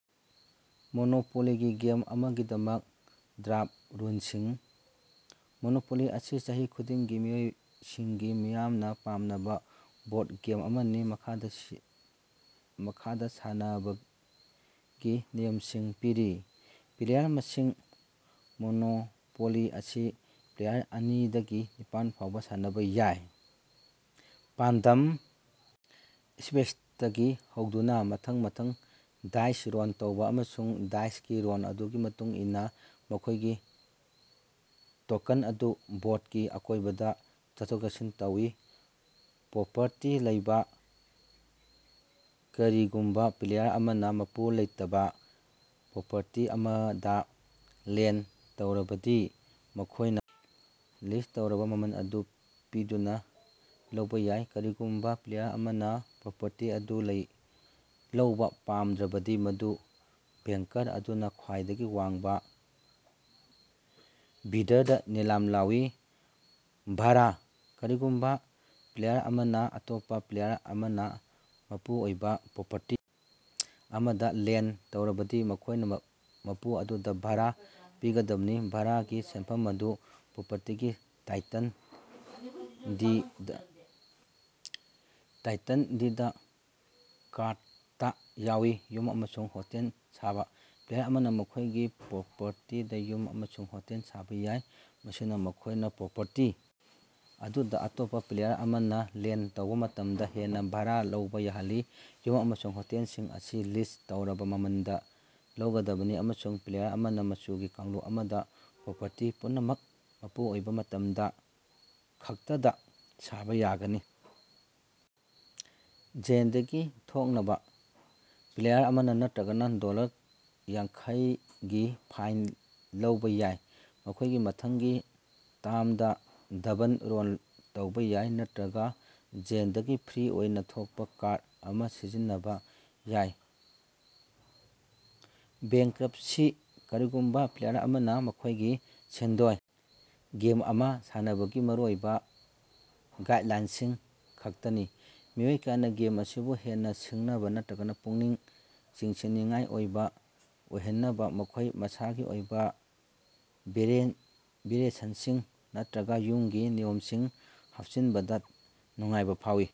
ꯃꯣꯅꯣꯄꯣꯂꯤꯒꯤ game ꯑꯃꯒꯤꯗꯃꯛ draft ꯔꯨꯜꯁꯤꯡ꯫ Monopoly ꯑꯁꯤ ꯆꯍꯤ ꯈꯨꯗꯤꯡꯒꯤ ꯃꯤꯑꯣꯏꯁꯤꯡꯒꯤ ꯃꯤꯌꯥꯝꯅ ꯄꯥꯝꯅꯕ ꯕꯣꯔꯗ ꯒꯦꯝ ꯑꯃꯅꯤ꯫ ꯃꯈꯥꯗ ꯁꯥꯟꯅꯕꯒꯤ ꯅꯤꯌꯝꯁꯤꯡ ꯄꯤꯔꯤ - ꯄ꯭ꯂꯦꯌꯔ ꯃꯁꯤꯡ - ꯃꯣꯅꯣꯄꯣꯂꯤ ꯑꯁꯤ ꯄ꯭ꯂꯦꯌꯔ ꯑꯅꯤꯗꯒꯤ ꯅꯤꯄꯥꯜ ꯐꯥꯎꯕ ꯁꯥꯟꯅꯕ ꯌꯥꯏ꯫ ꯄꯥꯟꯗꯝ - ꯁ꯭ꯄꯦꯁꯇꯒꯤ ꯍꯧꯗꯨꯅ ꯃꯊꯪ ꯃꯊꯪ ꯗꯥꯏꯁ ꯔꯣꯜ ꯇꯧꯕ ꯑꯃꯁꯨꯡ ꯗꯥꯏꯁꯀꯤ ꯔꯣꯜ ꯑꯗꯨꯒꯤ ꯃꯇꯨꯡ ꯏꯟꯅ ꯃꯈꯣꯏꯒꯤ ꯇꯣꯀꯦꯟ ꯑꯗꯨ ꯕꯣꯔꯗꯀꯤ ꯑꯀꯣꯏꯕꯗ ꯆꯠꯊꯣꯛ-ꯆꯠꯁꯤꯟ ꯇꯧꯏ꯫ ꯄ꯭ꯔꯣꯄꯔꯇꯤ ꯂꯧꯕ - ꯀꯔꯤꯒꯨꯝꯕ ꯄ꯭ꯂꯦꯌꯔ ꯑꯃꯅ ꯃꯄꯨ ꯂꯩꯇꯕꯥ ꯄ꯭ꯔꯣꯄꯔꯇꯤ ꯑꯃꯗ ꯂꯦꯟ꯭ꯗ ꯇꯧꯔꯕꯗꯤ ꯃꯈꯣꯏꯅ ꯂꯤꯁ꯭ꯠ ꯇꯧꯔꯕ ꯃꯃꯜ ꯑꯗꯨ ꯄꯤꯗꯨꯅ ꯂꯧꯕ ꯌꯥꯏ꯫ ꯀꯔꯤꯒꯨꯝꯕ ꯄ꯭ꯂꯦꯌꯔ ꯑꯃꯅ ꯄ꯭ꯔꯣꯄꯔꯇꯤ ꯑꯗꯨ ꯂꯧꯕ‌ ꯄꯥꯝꯗ꯭ꯔꯕꯗꯤ, ꯃꯗꯨ ꯕꯦꯡꯀꯔ ꯑꯗꯨꯅ‌ ꯈ꯭ꯋꯥꯏꯗꯒꯤ ꯋꯥꯡꯕ‌‌ ꯕꯤꯗ꯭ꯗꯔꯗꯥ ꯅꯤꯂꯥꯝ ꯂꯥꯎꯏ꯫ ꯚꯥꯔꯥ - ꯀꯔꯤꯒꯨꯝꯕ ꯄ꯭ꯂꯦꯌꯔ ꯑꯃꯅ‌ ꯑꯇꯣꯞꯄꯥ ꯄ꯭ꯂꯦꯌꯔ ꯑꯃꯅ ꯃꯄꯨ ꯑꯣꯏꯕ ꯄ꯭ꯔꯣꯄꯔꯇꯤ ꯑꯃꯗ ꯂꯦꯟ꯭ꯗ ꯇꯧꯔꯕꯗꯤ ꯃꯈꯣꯏꯅ ꯃꯄꯨ ꯑꯗꯨꯗ ꯚꯥꯔꯥ ꯄꯤꯒꯗꯕꯅꯤ꯫ ꯚꯥꯔꯥꯒꯤ ꯁꯦꯟꯐꯝ ꯑꯗꯨ ꯄ꯭ꯔꯣꯄꯔꯇꯤꯒꯤ ꯇꯥꯏꯇꯜ ꯗꯤꯗ ꯀꯥꯔꯗꯇꯥ ꯌꯥꯎꯏ꯫ ꯌꯨꯝ ꯑꯃꯁꯨꯡ ꯍꯣꯇꯦꯜ ꯁꯥꯕ - ꯄ꯭ꯂꯦꯌꯔ ꯑꯃꯅ ꯃꯈꯣꯏꯒꯤ ꯄ꯭ꯔꯣꯄꯔꯇꯤꯗ ꯌꯨꯝ ꯑꯃꯁꯨꯡ ꯍꯣꯇꯦꯜ ꯁꯥꯕ ꯌꯥꯏ, ꯃꯁꯤꯅ ꯃꯈꯣꯏꯅ ꯄ꯭ꯔꯣꯄꯔꯇꯤ ꯑꯗꯨꯗ‌ ꯑꯇꯣꯞꯄ ꯄ꯭ꯂꯦꯌꯔ ꯑꯃꯅ ꯂꯦꯟ꯭ꯗ ꯇꯧꯕ ꯃꯇꯝꯗ ꯍꯦꯟꯅ ꯚꯥꯔꯥ ꯂꯧꯕ ꯌꯥꯍꯜꯂꯤ꯫ ꯌꯨꯝ ꯑꯃꯁꯨꯡ ꯍꯣꯇꯦꯜꯁꯤꯡ ꯑꯁꯤ ꯂꯤꯁ꯭ꯠ ꯇꯧꯔꯕ ꯃꯃꯜꯗ ꯂꯧꯒꯗꯕꯅꯤ ꯑꯃꯁꯨꯡ ꯄ꯭ꯂꯦꯌꯔ ꯑꯃꯅ ꯃꯆꯨꯒꯤ ꯀꯥꯡꯂꯨꯞ ꯑꯃꯗ ꯄ꯭ꯔꯣꯄꯔꯇꯤ ꯄꯨꯝꯅꯃꯛ ꯃꯄꯨ ꯑꯣꯏꯕ ꯃꯇꯝꯗ ꯈꯛꯇꯗ ꯁꯥꯕ ꯌꯥꯒꯅꯤ꯫ ꯖꯦꯜꯗꯒꯤ ꯊꯣꯛꯅꯕꯥ, ꯄ꯭ꯂꯦꯌꯔ ꯑꯃꯅ ꯅꯠꯇꯔꯒ ꯗꯣꯂꯔ ꯌꯥꯡꯈꯩꯒꯤ ꯐꯥꯏꯟ ꯂꯧꯕ ꯌꯥꯏ, ꯃꯈꯣꯏꯒꯤ ꯃꯊꯪꯒꯤ ꯇꯥ꯭ꯔꯝꯗꯥ ꯗꯕꯜ ꯔꯣꯜ ꯇꯧꯕ ꯌꯥꯏ, ꯅꯠꯇꯔꯒ ꯖꯦꯜꯗꯒꯤ ꯐ꯭ꯔꯤ ꯑꯣꯏꯅ‌ ꯊꯣꯛꯄ ꯀꯥꯔꯗ ꯑꯃ ꯁꯤꯖꯤꯟꯅꯕ ꯌꯥꯏ꯫ ꯕꯦꯡꯀ꯭ꯔꯞꯁꯤ - ꯀꯔꯤꯒꯨꯝꯕ ꯄ꯭ꯂꯦꯌꯔ ꯑꯃꯅ ꯃꯈꯣꯏꯒꯤ ꯁꯦꯟꯗꯣꯏ ꯒꯦꯝ ꯑꯃ ꯁꯥꯟꯅꯕꯒꯤ ꯃꯔꯨꯑꯣꯏꯕ ꯒꯥꯏꯗꯂꯥꯏꯟꯁꯤꯡ ꯈꯛꯇꯅꯤ꯫ ꯃꯤꯑꯣꯏ ꯀꯌꯥꯅ ꯒꯦꯝ ꯑꯁꯤꯕꯨ ꯍꯦꯟꯅ ꯁꯤꯡꯅꯕ ꯅꯠꯇꯔꯒ ꯄꯨꯛꯅꯤꯡ ꯆꯤꯡꯁꯤꯟꯅꯤꯡꯉꯥꯏ ꯑꯣꯏꯕ ꯑꯣꯏꯍꯟꯅꯕ ꯃꯈꯣꯏ ꯃꯁꯥꯒꯤ ꯑꯣꯏꯕ ꯚꯦꯔꯤꯑꯦꯁꯟꯁꯤꯡ ꯅꯠꯇꯔꯒ ꯌꯨꯝꯒꯤ ꯅꯤꯌꯝꯁꯤꯡ ꯍꯥꯞꯆꯤꯟꯕꯗ ꯅꯨꯡꯉꯥꯏꯕ ꯐꯥꯎꯏ꯫